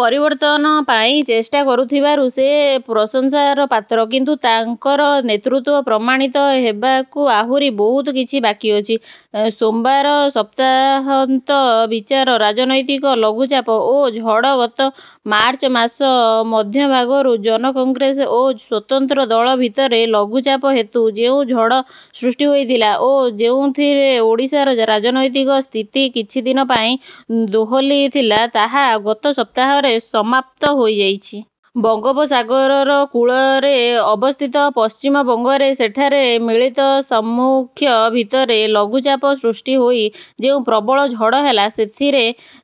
ପରିବର୍ତ୍ତନ ପାଇଁ ଚେଷ୍ଟା କରୁଥିବାରୁ ସେ ପ୍ରଶଂସାର ପାତ୍ର; କିନ୍ତୁ ତାଙ୍କର ନେତୃତ୍ୱ ପ୍ରମାଣିତ ହେବାକୁ ଆହୁରି ବହୁତ କିଛି ବାକି ଅଛି। ସୋମବାର ସପ୍ତାହାନ୍ତ ବିଚାର, ରାଜନୈତିକ ଲଘୁଚାପ ଓ ଝଡ଼ ଗତ ମାର୍ଚ୍ଚ ମାସ ମଧ୍ୟଭାଗରୁ ଜନ-କଂଗ୍ରେସ ଓ ସ୍ୱତନ୍ତ୍ର ଦଳ ଭିତରେ ଲଘୁଚାପ ହେତୁ ଯେଉଁ ଝଡ଼ ସୃଷ୍ଟି ହୋଇଥିଲା ଓ ଯେଉଁଥିରେ ଓଡ଼ିଶାର ରାଜନୈତିକ ସ୍ଥିତି କିଛିଦିନ ପାଇଁ ଦୋହଲିଥିଲା, ତାହା ଗତ ସପ୍ତାହରେ ସମାପ୍ତ ହୋଇଯାଇଛି। ବଙ୍ଗୋପସାଗରର କୂଳରେ ଅବସ୍ଥିତ ପଶ୍ଚିମବଙ୍ଗରେ ସେଠାରେ ମିଳିତ ସାମ୍ମୁଖ୍ୟ ଭିତରେ ଲଘୁଚାପ ସୃଷ୍ଟି ହୋଇ ଯେଉଁ ପ୍ରବଳ ଝଡ଼ ହେଲା, ସେଥିରେ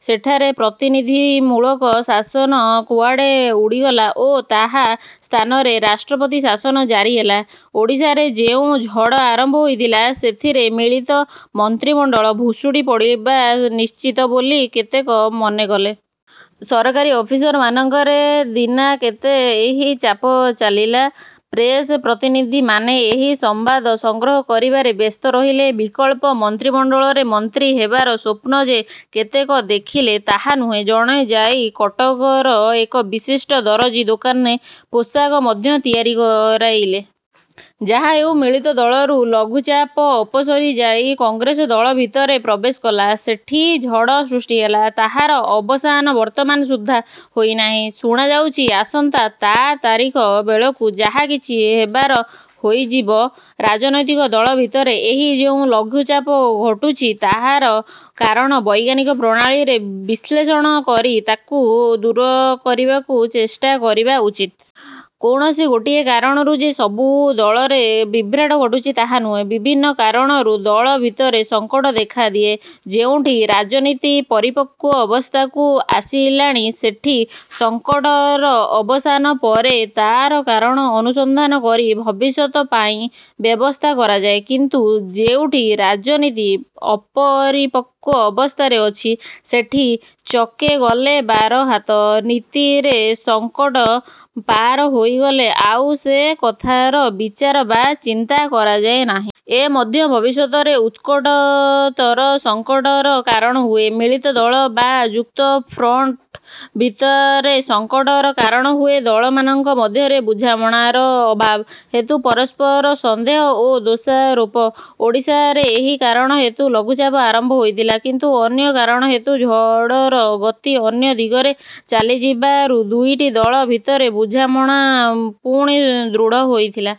ସେଠାରେ ପ୍ରତିନିଧିମୂଳକ ଶାସନ କୁଆଡ଼େ ଉଡ଼ିଗଲା ଓ ତାହା ସ୍ଥାନରେ ରାଷ୍ଟ୍ରପତି ଶାସନ ଜାରି ହେଲା। ଓଡ଼ିଶାରେ ଯେଉଁ ଝଡ଼ ଆରମ୍ଭ ହୋଇଥିଲା, ସେଥିରେ ମିଳିତ ମନ୍ତ୍ରିମଣ୍ଡଳ ଭୁଷୁଡ଼ି ପଡ଼ିବା ନିଶ୍ଚିତ ବୋଲି କେତେକ ମନେକଲେ। ସରକାରୀ ଅଫିସମାନଙ୍କରେ ଦିନାକେତେ ଏହି ଚାପ ଚାଲିଲା। ପ୍ରେସ ପ୍ରତିନିଧିମାନେ ଏହି ସମ୍ବାଦ ସଂଗ୍ରହ କରିବାରେ ବ୍ୟସ୍ତ ରହିଲେ। ବିକଳ୍ପ ମନ୍ତ୍ରିମଣ୍ଡଳରେ ମନ୍ତ୍ରୀ ହେବାର ସ୍ୱପ୍ନ ଯେ କେତେକ ଦେଖିଲେ ତାହା ନୁହେଁ, ଜଣେ ଯାଇ କଟକର ଏକ ବିଶିଷ୍ଟ ଦରଜି ଦୋକାନରେ ପୋଷାକ ମଧ୍ୟ ତିଆରି କରାଇଲେ। ଯାହାହେଉ ମିଳିତ ଦଳରୁ ଲଘୁଚାପ ଅପସରି ଯାଇ କଂଗ୍ରେସ ଦଳ ଭିତରେ ପ୍ରବେଶ କଲା। ସେଠି ଝଡ଼ ସୃଷ୍ଟି ହେଲା। ତାହାର ଅବସାନ ବର୍ତ୍ତମାନ ସୁଦ୍ଧା ହୋଇନାହିଁ। ଶୁଣାଯାଉଛି ଆସନ୍ତା ତା ତାରିଖ ବେଳକୁ ଯାହା କିଛି ହେବାର ହୋଇଯିବ। ରାଜନୈତିକ ଦଳ ଭିତରେ ଏହି ଯେଉଁ ଲଘୁଚାପ ଘଟୁଛି ତାହାର କାରଣ ବୈଜ୍ଞାନିକ ପ୍ରଣାଳୀରେ ବିଶ୍ଳେଷଣ କରି ତାକୁ ଦୂର କରିବାକୁ ଚେଷ୍ଟା କରିବା ଉଚିତ। କୌଣସି ଗୋଟିଏ କାରଣରୁ ଯେ ସବୁ ଦଳରେ ବିଭ୍ରାଟ ଘଟୁଛି, ତାହା ନୁହେଁ। ବିଭିନ୍ନ କାରଣରୁ ଦଳ ଭିତରେ ସଂକଟ ଦେଖାଦିଏ। ଯେଉଁଠି ରାଜନୀତି ପରିପକ୍ୱ ଅବସ୍ଥାକୁ ଆସିଲାଣି, ସେଠି ସଂକଟର ଅବସାନ ପରେ ତା'ର କାରଣ ଅନୁସନ୍ଧାନ କରି ଭବିଷ୍ୟତ ପାଇଁ ବ୍ୟବସ୍ଥା କରାଯାଏ; କିନ୍ତୁ ଯେଉଁଠି ରାଜନୀତି ଅପରିପକ୍ୱ ଅବସ୍ଥାରେ ଅଛି ସେଠି ''ଚକେ ଗଲେ ବାରହାତ'' ନୀତିରେ ସଂକଟ ପାର ହୋଇଗଲେ ଆଉ ସେ କଥାର ବିଚାର ବା ଚିନ୍ତା କରାଯାଏ ନାହିଁ। ଏ ମଧ୍ୟ ଭବିଷ୍ୟତରେ ଉତ୍କଟତର ସଂକଟର କାରଣ ହୁଏ। ମିଳିତ ଦଳ ବା ଯୁକ୍ତଫ୍ରଣ୍ଟ ଭିତରେ ସଂକଟର କାରଣ ହୁଏ ଦଳମାନଙ୍କ ମଧ୍ୟରେ ବୁଝାମଣାର ଅଭାବ ହେତୁ ପରସ୍ପର ସନ୍ଦେହ ଓ ଦୋଷାରୋପ। ଓଡ଼ିଶାରେ ଏହି କାରଣ ହେତୁ ଲଘୁଚାପ ଆରମ୍ଭ ହୋଇଥିଲା; କିନ୍ତୁ ଅନ୍ୟ କାରଣ ହେତୁ ଝଡ଼ର ଗତି ଅନ୍ୟ ଦିଗରେ ଚାଲିଯିବାରୁ ଦୁଇଟି ଦଳ ଭିତରେ ବୁଝାମଣା ପୁଣି ଦୃଢ଼ ହୋଇଥିଲା।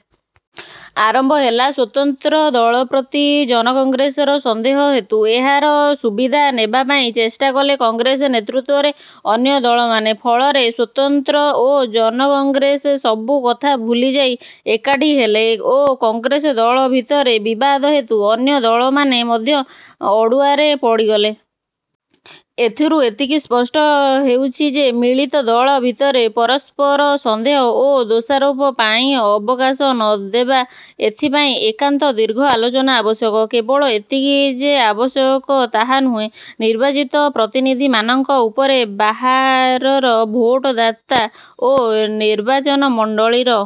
ଆରମ୍ଭ ହେଲା ସ୍ୱତନ୍ତ୍ର ଦଳ ପ୍ରତି ଜନକଂଗ୍ରେସର ସନ୍ଦେହ ହେତୁ। ଏହାର ସୁବିଧା ନେବାପାଇଁ ଚେଷ୍ଟା କଲେ କଂଗ୍ରେସ ନେତୃତ୍ୱରେ ଅନ୍ୟ ଦଳମାନେ। ଫଳରେ ସ୍ୱତନ୍ତ୍ର ଓ ଜନକଂଗ୍ରେସ ସବୁକଥା ଭୁଲିଯାଇ ଏକାଠି ହେଲେ ଓ କଂଗ୍ରେସ ଦଳ ଭିତରେ ବିବାଦ ହେତୁ ଅନ୍ୟ ଦଳମାନେ ମଧ୍ୟ ଅଡ଼ୁଆରେ ପଡ଼ିଗଲେ। ଏଥିରୁ ଏତିକି ସ୍ପଷ୍ଟ ହେଉଛି ଯେ ମିଳିତ ଦଳ ଭିତରେ ପରସ୍ପର ସନ୍ଦେହ ଓ ଦୋଷାରୋପ ପାଇଁ ଅବକାଶ ନ ଦେବା। ଏଥିପାଇଁ ଏକାନ୍ତ ଦୀର୍ଘ ଆଲୋଚନା ଆବଶ୍ୟକ। କେବଳ ଏତିକି ଯେ ଆବଶ୍ୟକ ତାହା ନୁହେଁ। ନିର୍ବାଚିତ ପ୍ରତିନିଧିମାନଙ୍କ ଉପରେ ବାହାରର ଭୋଟଦାତା ଓ ନିର୍ବାଚନ ମଣ୍ଡଳୀର